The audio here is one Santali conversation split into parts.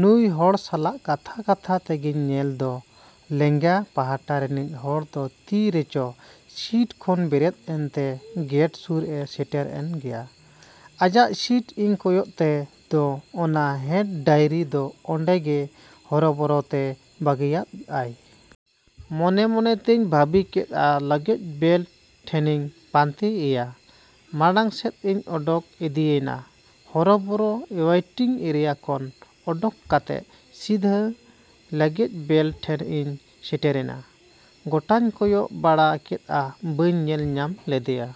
ᱱᱩᱭ ᱦᱚᱲ ᱥᱟᱞᱟᱜ ᱠᱟᱛᱷᱟ ᱠᱟᱛᱷᱟ ᱛᱮᱜᱮᱧ ᱧᱮᱞ ᱫᱚ ᱞᱮᱸᱜᱟ ᱯᱟᱦᱴᱟ ᱨᱤᱱᱤᱡ ᱦᱚᱲ ᱫᱚ ᱛᱤ ᱨᱮᱪᱚ ᱥᱤᱴ ᱠᱷᱚᱱ ᱵᱮᱨᱮᱫ ᱮᱱ ᱛᱮ ᱜᱮᱴ ᱥᱩᱨ ᱮ ᱥᱮᱴᱮᱨ ᱮᱱ ᱜᱮᱭᱟ ᱾ ᱟᱡᱟᱜ ᱥᱤᱴ ᱤᱧ ᱠᱚᱭᱚᱜ ᱛᱮ ᱫᱚ ᱚᱱᱟ ᱦᱮᱸᱰ ᱰᱟᱭᱨᱤ ᱫᱚ ᱚᱸᱰᱮ ᱜᱮ ᱦᱚᱨᱚᱵᱚᱨᱚ ᱛᱮ ᱵᱟᱹᱜᱤᱭᱟᱫ ᱟᱭ ᱾ ᱢᱚᱱᱮ ᱢᱚᱱᱮ ᱛᱤᱧ ᱵᱷᱟᱹᱵᱤ ᱠᱮᱫᱼᱟ ᱞᱚᱜᱮᱡᱽ ᱵᱮᱞᱴ ᱴᱷᱮᱱᱤᱧ ᱯᱟᱱᱛᱮ ᱮᱭᱟ ᱾ ᱢᱟᱬᱟᱝ ᱥᱮᱫ ᱤᱧ ᱚᱰᱚᱠ ᱤᱫᱤᱭᱮᱱᱟ ᱦᱚᱨᱚᱵᱚᱨᱚ ᱣᱮᱴᱤᱝ ᱮᱨᱤᱭᱟ ᱠᱷᱚᱱ ᱚᱰᱚᱠ ᱠᱟᱛᱮ ᱥᱤᱫᱷᱟᱹ ᱞᱚᱜᱮᱡᱽ ᱵᱮᱞᱴ ᱴᱷᱮᱱ ᱤᱧ ᱥᱮᱴᱮᱨᱮᱱᱟ ᱾ ᱜᱚᱴᱟᱧ ᱠᱚᱭᱚᱜ ᱵᱟᱲᱟ ᱠᱮᱫᱼᱟ ᱵᱟᱹᱧ ᱧᱮᱞ ᱧᱟᱢ ᱞᱮᱫᱮᱭᱟ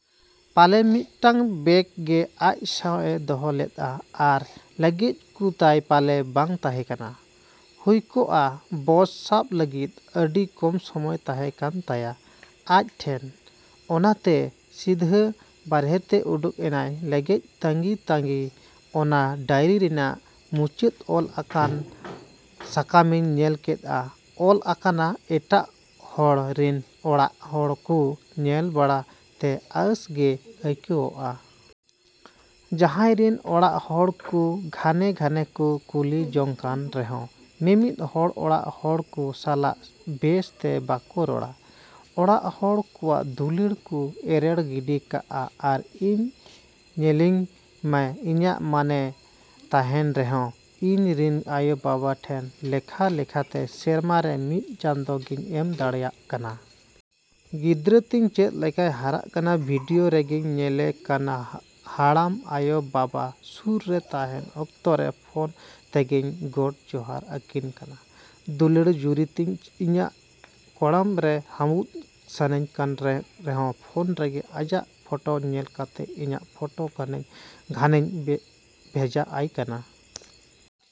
᱾ ᱯᱟᱞᱮ ᱢᱤᱫᱴᱟᱹᱝ ᱵᱮᱜ ᱜᱮ ᱟᱡ ᱥᱟᱶ ᱮ ᱫᱚᱦᱚ ᱞᱮᱫᱼᱟ ᱟᱨ ᱞᱚᱜᱮᱡᱽ ᱠᱚ ᱛᱟᱭ ᱯᱟᱞᱮ ᱵᱟᱝ ᱛᱟᱦᱮᱸ ᱠᱟᱱᱟ ᱾ ᱦᱩᱭ ᱠᱚᱜᱼᱟ ᱵᱚᱥ ᱥᱟᱵ ᱞᱟᱹᱜᱤᱫ ᱟᱹᱰᱤ ᱠᱚᱢ ᱥᱚᱢᱚᱭ ᱛᱟᱦᱮᱸ ᱠᱟᱱ ᱛᱟᱭᱟ ᱟᱡ ᱴᱷᱮᱱ᱾ ᱚᱱᱟ ᱛᱮ ᱥᱤᱫᱷᱟᱹ ᱵᱟᱦᱨᱮ ᱛᱮ ᱚᱰᱚᱠ ᱮᱱᱟᱭ ᱞᱚᱜᱮᱡᱽ ᱛᱟᱺᱜᱤ ᱛᱟᱺᱜᱤ ᱚᱱᱟ ᱰᱟᱹᱭᱨᱤ ᱨᱮᱱᱟᱜ ᱢᱩᱪᱟᱹᱫ ᱚᱞ ᱟᱠᱟᱱ ᱥᱟᱠᱟᱢᱤᱧ ᱧᱮᱞ ᱠᱮᱫᱼᱟ ᱚᱞ ᱟᱠᱟᱱᱟ ᱮᱴᱟᱜ ᱦᱚᱲ ᱨᱤᱱ ᱚᱲᱟᱜ ᱦᱚᱲ ᱠᱚ ᱧᱮᱞ ᱵᱟᱲᱟ ᱛᱮ ᱟᱸᱥ ᱜᱮ ᱟᱹᱭᱠᱟᱹᱣᱜᱼᱟ ᱾ ᱡᱟᱦᱟᱸᱭ ᱨᱤᱱ ᱚᱲᱟᱜ ᱦᱚᱲ ᱠᱚ ᱜᱷᱟᱱᱮ ᱜᱷᱟᱱᱮ ᱠᱚ ᱠᱩᱞᱤ ᱡᱚᱝ ᱠᱟᱱ ᱨᱮᱦᱚᱸ ᱢᱤᱢᱤᱫ ᱦᱚᱲ ᱚᱲᱟᱜ ᱦᱚᱲ ᱠᱚ ᱥᱟᱞᱟᱜ ᱵᱮᱥ ᱛᱮ ᱵᱟᱠᱚ ᱨᱚᱲᱟ ᱾ ᱚᱲᱟᱜ ᱦᱚᱲ ᱠᱚᱣᱟᱜ ᱫᱩᱞᱟᱹᱲ ᱠᱚ ᱮᱨᱮᱲ ᱜᱤᱰᱤ ᱠᱟᱜᱼᱟ ᱟᱨ ᱤᱧ ᱧᱮᱞᱤᱧ ᱢᱟ ᱤᱧᱟᱜ ᱢᱚᱱᱮ ᱛᱟᱦᱮᱸᱱ ᱨᱮᱦᱚᱸ ᱤᱧ ᱨᱤᱱ ᱟᱭᱳ ᱵᱟᱵᱟ ᱴᱷᱮᱱ ᱞᱮᱠᱷᱟ ᱞᱮᱠᱷᱟ ᱛᱮ ᱥᱮᱨᱢᱟ ᱨᱮ ᱢᱤᱫ ᱪᱟᱸᱫᱚ ᱜᱤᱧ ᱮᱢ ᱫᱟᱲᱮᱭᱟᱜ ᱠᱟᱱᱟ ᱾ ᱜᱤᱫᱽᱨᱟᱹ ᱛᱤᱧ ᱪᱮᱫ ᱞᱮᱠᱟᱭ ᱦᱟᱨᱟᱜ ᱠᱟᱱᱟ ᱵᱷᱤᱰᱤᱭᱳ ᱨᱮᱜᱤᱧ ᱧᱮᱞᱮ ᱠᱟᱱᱟ ᱾ ᱦᱟᱲᱟᱢ ᱟᱭᱳ ᱵᱟᱵᱟ ᱥᱩᱨ ᱨᱮ ᱛᱟᱦᱮᱸᱱ ᱚᱠᱛᱚ ᱨᱮ ᱯᱷᱳᱱ ᱛᱮᱜᱤᱧ ᱜᱳᱰ ᱡᱚᱦᱟᱨ ᱟᱹᱠᱤᱱ ᱠᱟᱱᱟ ᱾ᱫᱩᱞᱟᱹᱲ ᱡᱩᱨᱤ ᱛᱤᱧ ᱤᱧᱟᱜ ᱠᱚᱲᱟᱢ ᱨᱮ ᱦᱟᱺᱵᱩᱫ ᱥᱟᱹᱱᱟᱹᱧ ᱠᱟᱱ ᱨᱮᱦᱚᱸ ᱯᱷᱳᱱ ᱨᱮᱜᱮ ᱟᱡᱟᱜ ᱯᱷᱳᱴᱚ ᱧᱮᱞ ᱠᱟᱛᱮ ᱤᱧᱟᱜ ᱯᱷᱳᱴᱚ ᱜᱷᱟᱱᱮ ᱜᱷᱟᱱᱮᱧ ᱵᱷᱮᱡᱟ ᱟᱭ ᱠᱟᱱᱟ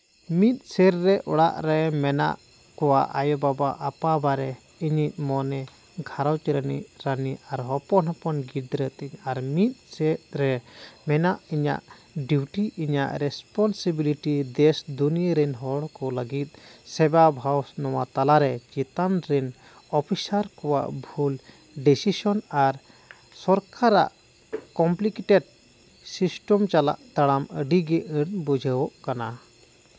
᱾ ᱢᱤᱫ ᱥᱮᱫ ᱨᱮ ᱚᱲᱟᱜ ᱨᱮ ᱢᱮᱱᱟᱜ ᱠᱚᱣᱟ ᱟᱭᱳ ᱵᱟᱵᱟ ᱟᱯᱟ ᱵᱟᱨᱮ ᱤᱧᱤᱡ ᱢᱚᱱᱮ ᱜᱷᱟᱨᱚᱸᱡᱽ ᱨᱤᱱᱤᱡ ᱨᱟᱹᱱᱤ ᱟᱨ ᱦᱚᱯᱚᱱ ᱦᱚᱯᱚᱱ ᱜᱤᱫᱽᱨᱟᱹ ᱛᱤᱧ ᱟᱨ ᱢᱤᱫ ᱥᱮᱫ ᱨᱮ ᱢᱮᱱᱟᱜ ᱤᱧᱟᱜ ᱰᱮᱭᱴᱤ ᱤᱧᱟᱜ ᱨᱮᱥᱯᱚᱱᱥᱤᱵᱤᱞᱤᱴᱤ ᱫᱮᱥ ᱫᱩᱱᱤᱭᱟᱹ ᱨᱤᱱ ᱦᱚᱲ ᱠᱚ ᱞᱟᱹᱜᱤᱫ ᱥᱮᱵᱟ ᱵᱷᱟᱣ ᱱᱚᱶᱟ ᱛᱟᱞᱟ ᱨᱮ ᱪᱮᱛᱟᱱ ᱨᱤᱱ ᱚᱯᱷᱤᱥᱚᱨ ᱠᱚᱣᱟᱜ ᱵᱷᱩᱞ ᱰᱤᱥᱤᱥᱚᱱ ᱟᱨ ᱥᱚᱨᱠᱟᱨᱟᱜ ᱠᱚᱢᱯᱞᱤᱠᱮᱴᱮᱰ ᱥᱤᱥᱴᱚᱢ ᱥᱟᱞᱟᱜ ᱛᱟᱲᱟᱢ ᱟᱹᱰᱤ ᱜᱮ ᱟᱸᱴ ᱵᱩᱡᱷᱟᱹᱣᱜ ᱠᱟᱱᱟ ᱾।